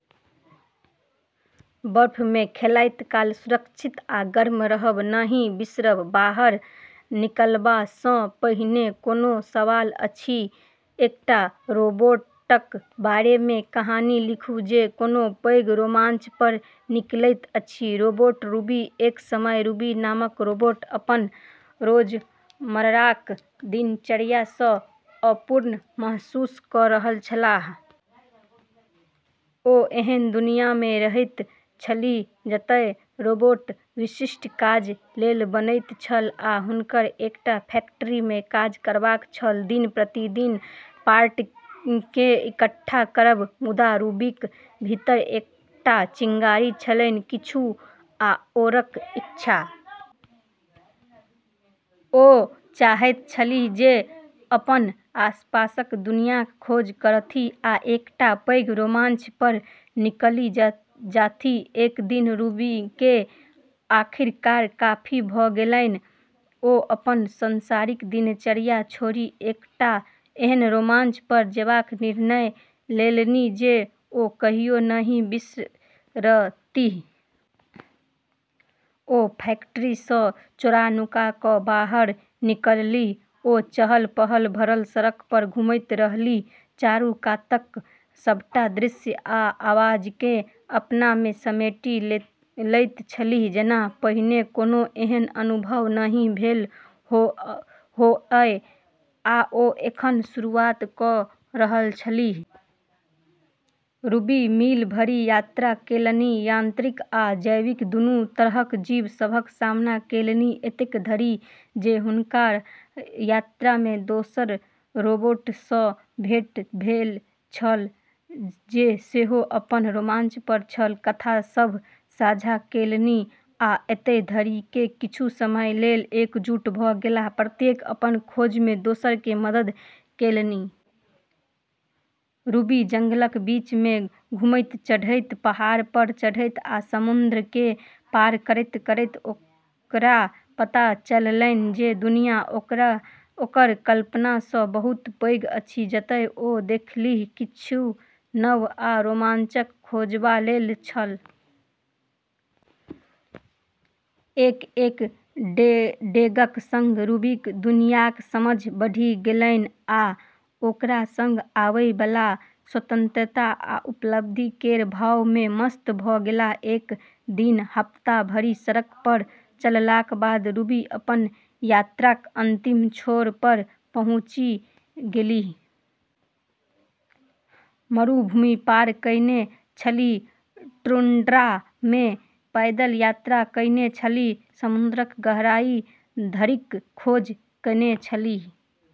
बर्फ मे खेलाइत काल सुरक्षित आ गर्म रहब नहि बिसरब। बाहर निकलबा सँ पहिने कोनो सवाल अछि? एकटा रोबोटक बारे मे कहानी लिखू जे कोनो पैघ रोमांच पर निकलैत अछि। रोबोट रूबी: एक समय रूबी नामक रोबोट अपन रोजमर्राक दिनचर्या सँ अपूर्ण महसूस कऽ रहल छलाह। ओ एहन दुनिया मे रहैत छलीह जतय रोबोट विशिष्ट काज लेल बनैत छल आ हुनकर एकटा फैक्ट्री मे काज करबाक छल, दिन-प्रतिदिन पार्ट केँ इकट्ठा करब। मुदा रूबीक भीतर एकटा चिंगारी छलैन, किछु आओरक इच्छा। ओ चाहैत छलीह जे अपन आसपासक दुनियाक खोज करथि आ एकटा पैघ रोमांच पर निकलि जाथि। एक दिन रूबी केँ आखिरकार काफी भऽ गेलैन। ओ अपन सांसारिक दिनचर्या छोड़ि एकटा एहन रोमांच पर जेबाक निर्णय लेलनि जे ओ कहियो नहि बिसरतीह। ओ फैक्ट्री सँ चोरा-नुका कऽ बाहर निकललीह आ चहल-पहल भरल सड़क पर घुमैत रहलीह, चारू कातक सभटा दृश्य आ आवाज केँ अपना मे समेटि लैत छलीह। जेना पहिने कोनो एहन अनुभव नहि भेल होअए आ ओ एखन शुरुआत कऽ रहल छलीह। रूबी मील भरि यात्रा केलनि, यांत्रिक आ जैविक दुनू तरहक जीव सभक सामना केलनि। एतेक धरि जे हुनकर यात्रा मे दोसर रोबोट सँ भेंट भेल छल, जे सेहो अपन रोमांच पर छल। कथा सभ साझा केलनि आ एतय धरि कि किछु समय लेल एकजुट भऽ गेलाह, प्रत्येक अपन खोज मे दोसर केँ मदद केलनि। रूबी जंगलक बीच मे घुमैत-चढ़ैत, पहाड़ पर चढ़ैत आ समुद्र केँ पार करैत-करैत ओकरा पता चललैन जे दुनिया ओकर कल्पना सँ बहुत पैघ अछि। जतय ओ देखलीह, किछु नव आ रोमांचक खोजबा लेल छल। एक-एक डेगक सँग रूबीक दुनियाक समझ बढ़ि गेलैन आ ओकरा सँग आवै बला स्वतंत्रता आ उपलब्धि केर भाव मे मस्त भऽ गेलाह। एक दिन हफ्ता भरि सड़क पर चललाक बाद रूबी अपन यात्राक अंतिम छोर पर पहुँचि गेलीह। मरुभूमि पार कएने छलीह, टुंड्रा मे पैदल यात्रा कएने छलीह, समुद्रक गहराई धरिक खोज कएने छलीह।